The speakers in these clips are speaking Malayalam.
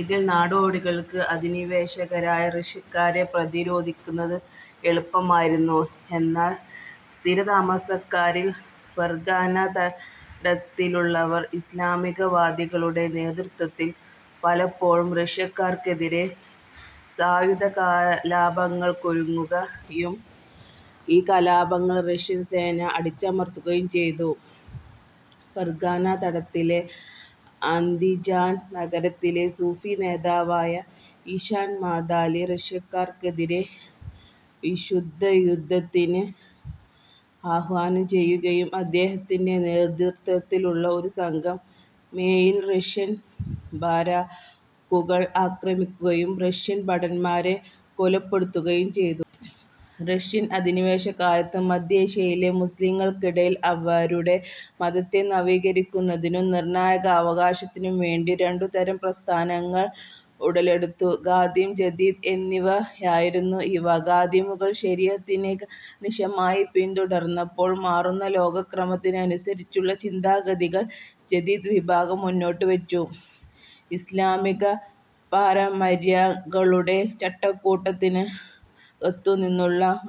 ഇതിൽ നാടോടികൾക്ക് അധിനിവേശകരായ റഷ്യക്കാരെ പ്രതിരോധിക്കുന്നത് എളുപ്പമായിരുന്നു. എന്നാൽ സ്ഥിരതാമസക്കാരിൽ ഫെർഗാന തടത്തിലുള്ളവർ ഇസ്ലാമികവാദികളുടെ നേതൃത്വത്തിൽ പലപ്പോഴും റഷ്യക്കാർക്കെതിരെ സായുധകലാപങ്ങൾക്കൊരുങ്ങുകയും ഈ കലാപങ്ങൾ റഷ്യൻ സേന അടിച്ചമർത്തുകയും ചെയ്തു. ഫെർഗാന തടത്തിലെ അന്ദിജാൻ നഗരത്തിലെ സൂഫി നേതാവായ ഇശാൻ മദാലി റഷ്യക്കാർക്കെതിരെ വിശുദ്ധയുദ്ധത്തിന് ആഹ്വാനം ചെയ്യുകയും അദ്ദേഹത്തിന്റെ നേതൃത്വത്തിലുള്ള ഒരു സംഘം മേയിൽ റഷ്യൻ ബാരക്കുകൾ ആക്രമിക്കുകയും റഷ്യൻ ഭടന്മാരെ കൊലപ്പെടുത്തുകയും ചെയ്തു. റഷ്യൻ അധിനിവേശകാലത്ത് മദ്ധ്യേഷ്യയിലെ മുസ്ലീങ്ങൾക്കിടയിൽ അവരുടെ മതത്തെ നവീകരിക്കുന്നതിനും നിർണയാവകാശത്തിനും വേണ്ടി രണ്ടുതരം പ്രസ്ഥാനങ്ങൾ ഉടലെടുത്തു. ഖാദിം, ജദീദ് എന്നിവയായിരുന്നു ഇവ. ഖാദിമുകൾ ശരി അത്തിനെ കണിശമായി പിന്തുടർന്നപ്പോൾ മാറുന്ന ലോകക്രമത്തിനുസരിച്ചുള്ള ചിന്താഗതികൾ ജദീദ് വിഭാഗം മുന്നോട്ടുവച്ചു. ഇസ്ലാമികപാരമര്യങ്ങളുടെ ചട്ടക്കൂടിനകത്തുനിന്നുള്ള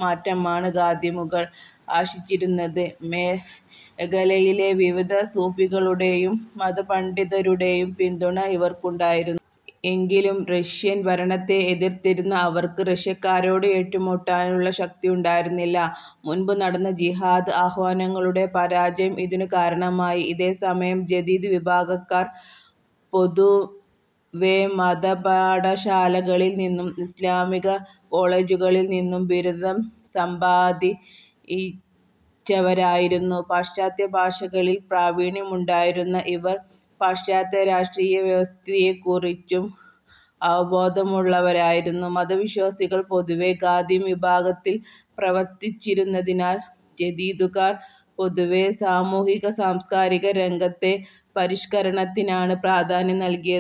മാറ്റമാണ് ഖാദിമുകൾ ആശിച്ചിരുന്നത്. മേഖലയിലെ വിവിധ സൂഫികളുടേയും മതപണ്ഡിതരുടേയും പിന്തുണ ഇവർക്കുണ്ടായിരുന്നു. എങ്കിലും റഷ്യൻ ഭരണത്തെ എതിർത്തിരുന്ന അവർക്ക് റഷ്യക്കാരോട് ഏറ്റുമുട്ടാനുള്ള ശക്തിയുണ്ടായിരുന്നില്ല. മുൻപ് നടന്ന ജിഹാദ് ആഹ്വാനങ്ങളുടെ പരാജയം ഇതിനു കാരണമായി. ഇതേ സമയം ജദീദ് വിഭാഗക്കാർ പൊതുവേമതപാഠശാലകളിൽ നിന്നും ഇസ്ലാമികകോളേജുകളിൽ നിന്നും ബിരുദം സമ്പാദിച്ചവരായിരുന്നു. പാശ്ചാത്യഭാഷകളിൽ പ്രാവിണ്യമുണ്ടായിരുന്ന ഇവർ, പാശാത്യരാഷ്ട്രീയവ്യവസ്ഥിയെക്കുറിച്ചും അവബോധമുള്ളവരായിരുന്നു. മതവിശ്വാസികൾ പൊതുവേ ഖാദിം വിഭാഗത്തിൽ പ്രവർത്തിച്ചിരുന്നതിനാൽ ജദീദുകൾ പൊതുവേസാമൂഹിക-സാംസ്കാരികരംഗത്തെ പരിഷ്കരണത്തിനാണ് പ്രാധാന്യം നൽകിയത്.